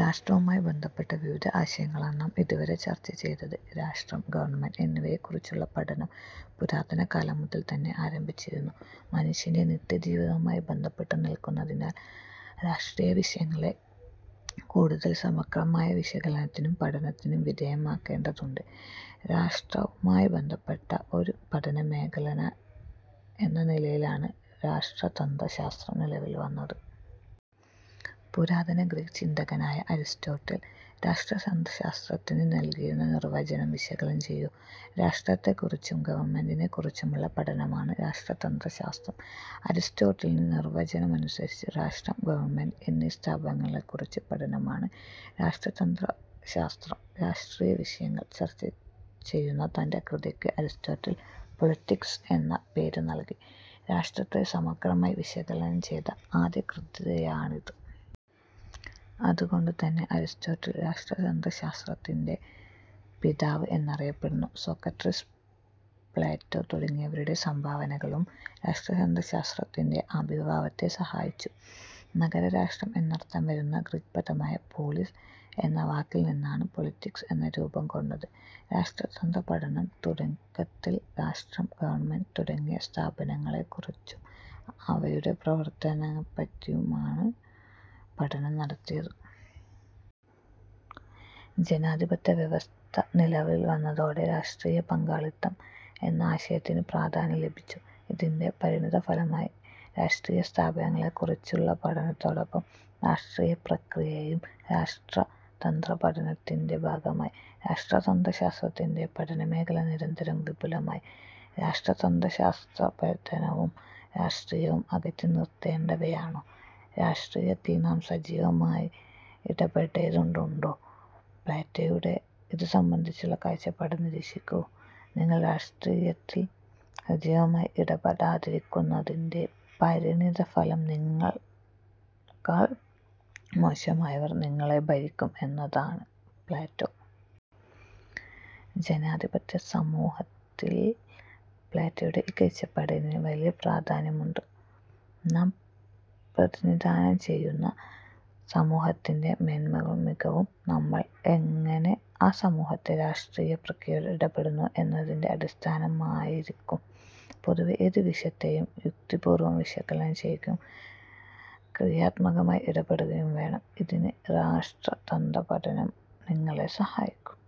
രാഷ്ട്രവുമായി ബന്ധപ്പെട്ട വിവിധ ആശയങ്ങളാണ് നാം ഇതുവരെ ചർച്ച ചെയ്തത്. രാഷ്ട്രം, ഗവൺമെന്റ് എന്നിവയെക്കുറിച്ചുള്ള പഠനം പുരാതന കാലം മുതൽതന്നെ ആരംഭിച്ചിരുന്നു. മനുഷ്യന്റെ നിത്യജീവിതവുമായി ബന്ധപ്പെട്ടു നിൽക്കുന്നതിനാൽ രാഷ്ട്രീയവിഷയങ്ങളെ കൂടുതൽ സമഗ്രമായ വിശകലനത്തിനും പഠനത്തിനും വിധേയമാക്കേണ്ടതുണ്ട്. രാഷ്ട്രവുമായി ബന്ധപ്പെട്ട ഒരു പഠനമേഖല എന്ന നിലയിലാണ് രാഷ്ട്രതന്ത്രശാസ്ത്രം നിലവിൽ വന്നത്. പുരാതന ഗ്രീക്ക് ചിന്തകനായ അരിസ്റ്റോട്ടിൽ രാഷ്ട്രതന്ത്രശാസ്ത്രത്തിന് നൽകിയിരിക്കുന്ന നിർവചനം വിശകലനം ചെയ്യൂ. രാഷ്ട്രത്തെക്കുറിച്ചും ഗവൺമെന്റിനെക്കുറിച്ചുമുള്ള പഠനമാണ് രാഷ്ട്രതന്ത്രശാസ്ത്രം അരിസ്റ്റോട്ടിലിന്റെ നിർവചനമനുസരിച്ച് രാഷ്ട്രം, ഗവൺമെന്റ് എന്നീ സ്ഥാപനങ്ങളെക്കുറിച്ചുള്ള പഠനമാണ് രാഷ്ട്രതന്ത്രശാസ്ത്രം. രാഷ്ട്രീയവിഷയങ്ങൾ ചർച്ചചെയ്യുന്ന തന്റെ കൃതിക്ക് അരിസ്റ്റോട്ടിൽ പൊളിറ്റിക്സ്' എന്ന പേരു നൽകി. രാഷ്ട്രത്തെ സമഗ്രമായി വിശകലനം ചെയ്ത ആദ്യകൃതിയാണത്. അതുകൊണ്ടുതന്നെ അരിസ്റ്റോട്ടിൽ രാഷ്ട്രതന്ത്രശാസ്ത്രത്തിന്റെ പിതാവ് എന്നറിയപ്പെടുന്നു. സോക്രട്ടീസ്, പ്ലേറ്റോ തുടങ്ങിയവരുടെ സംഭാവനകളും രാഷ്ട്രതന്ത്രശാസ്ത്രത്തിന്റെ ആവിർഭാവത്തെ സഹായിച്ചു. നഗരരാഷ്ട്രംഎന്നർഥം വരുന്ന ഗ്രീക്ക് പദമായ പോളിസ് എന്ന വാക്കിൽനിന്നാണ് പൊളിറ്റിക്സ്' എന്ന പദം രൂപം കൊണ്ടത്. രാഷ്ട്രതന്ത്ര പഠനം തുടക്കത്തിൽ രാഷ്ട്രം, ഗവൺമെന്റ് തുടങ്ങിയ സ്ഥാപനങ്ങളെക്കുറിച്ചും അവയുടെ പ്രവർത്തനങ്ങളെപ്പറ്റിയുമാണ് പഠനം നടത്തിയത്. ജനാധിപത്യ വ്യവസ്ഥ നിലവിൽവന്നതോടെ രാഷ്ട്രീയപങ്കാളിത്തം എന്ന ആശയത്തിനും പ്രാധാന്യം ലഭിച്ചു. ഇതിന്റെ പരിണതഫലമായി രാഷ്ട്രീയസ്ഥാപനങ്ങളെക്കുറിച്ചുള്ള പഠനത്തോടൊപ്പം രാഷ്ട്രീയപ്രക്രിയയും രാഷ്ട്രതന്ത്രപഠനത്തിന്റെ ഭാഗമായി. രാഷ്ട്രതന്ത്ര ശാസ്ത്രത്തിന്റെ പഠനമേഖല നിരന്തരം വിപുലമായി. രാഷ്ട്രതന്ത്രശാസ്ത്രപഠനവും രാഷ്ട്രീയവും അകറ്റിനിർത്തേണ്ടവയാണോ? രാഷ്ട്രീയത്തിൽ നാം സജീവമായി ഇടപെടേണ്ടതുണ്ടോ? പ്ലേറ്റോയുടെ ഇതു സംബന്ധിച്ച കാഴ്ചപ്പാട് നിരീക്ഷിക്കൂ. നിങ്ങൾ രാഷ്ട്രിയത്തിൽ സജീവമായി ഇടപെടാതിരിക്കുന്നതിന്റെ പരിണിത ഫലം നിങ്ങളേക്കാൾ മോശമായവർ നിങ്ങളെ ഭരിക്കും എന്നതാണ്-പ്ലേറ്റോ. ജനാധിപത്യസമൂഹത്തിൽ പ്ലേറ്റോയുടെ ഈ കാഴ്ചപ്പാടിന് വലിയപ്രാധാന്യമുണ്ട്. നാം പ്രതിനിധാനം ചെയ്യുന്ന സമൂഹത്തിന്റെ മേന്മയും മികവും നമ്മൾ എങ്ങനെ ആ സമൂഹത്തിലെ രാഷ്ട്രീയ പ്രക്രിയയിൽ ഇടപെടുന്നു എന്നതിനെ അടിസ്ഥാനമാക്കിയായിരിക്കും. പൊതുവായ ഏതു വിഷയത്തെയും യുക്തിപൂർവം വിശകലനം ചെയ്യുകയും ക്രിയാത്മകമായി ഇടപെടുകയും വേണം. ഇതിന് രാഷ്ട്രതന്ത്രപഠനം നിങ്ങളെ സഹായിക്കും.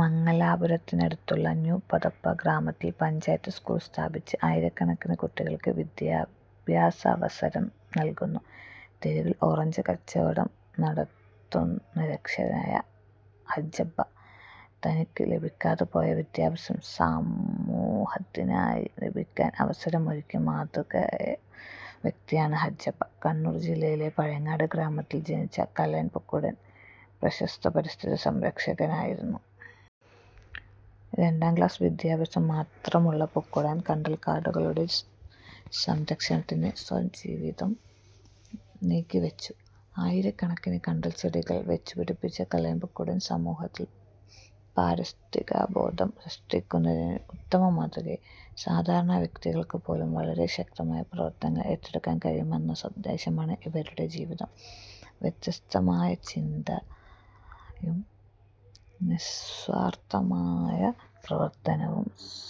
മംഗലാപുരത്തിനടുത്തുള്ള ന്യൂ പദപ്പ ഗ്രാമത്തിൽ പഞ്ചായത്ത് സ്കൂൾ സ്ഥാപിച്ച് ആയിരക്കണക്കിന് കുട്ടികൾക്ക് വിദ്യാഭ്യാസാവസരം നൽകുന്നു. തെരുവിൽ ഓറഞ്ച് കച്ചവടം നടത്തുന്ന നിരക്ഷരനാണ് ഹജ്ജബ്ബ. തനിക്ക് ലഭിക്കാതെപോയ വിദ്യാഭ്യാസം സമൂഹത്തിനാകെ ലഭിക്കാൻ അവസരമൊരുക്കിയ മാതൃകാ വ്യക്തിയാണ് ഹജ്ജബ്ബ. കണ്ണൂർ ജില്ലയിലെ പഴയങ്ങാടി ഗ്രാമത്തിൽ ജനിച്ച കല്ലേൻ പൊക്കുടൻ പ്രശസ്ത പരിസ്ഥിതി സംരക്ഷകനായിരുന്നു. രണ്ടാം ക്ലാസ് വിദ്യാഭ്യാസം മാത്രമുള്ള പൊക്കുടൻ കണ്ടൽക്കാടുകളുടെ സംരക്ഷണത്തിന് സ്വജീവിതം നീക്കിവച്ചു. ആയിരക്കണക്കിന് കണ്ടൽച്ചെടികൾ വച്ചുപിടിപ്പിച്ച കല്ലേൻ പൊക്കുടൻ സമൂഹത്തിൽ പാരിസ്ഥിതികാവബോധം സൃഷ്ടിക്കുന്നതിന് ഉത്തമമാതൃകയായി. സാധാരണ വ്യക്തികൾക്കുപോലും വളരെ ശക്തമായ പ്രവർത്തനങ്ങൾ ഏറ്റെടുക്കാൻ കഴിയുമെന്ന സന്ദേശമാണ് ഇവരുടെ ജീവിതം. വ്യത്യസ്തമായ ചിന്തയും നിസ്വാർഥമായ പ്രവർത്തനവും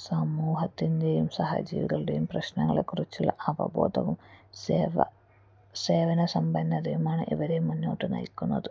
സമൂഹത്തിന്റെയും സഹജീവികളുടെയും പ്രശ്നങ്ങളെക്കുറിച്ചുള്ള അവബോധവും സേവനസന്നദ്ധതയുമാണ് ഇവരെ മുന്നോട്ടു നയിക്കുന്നത്.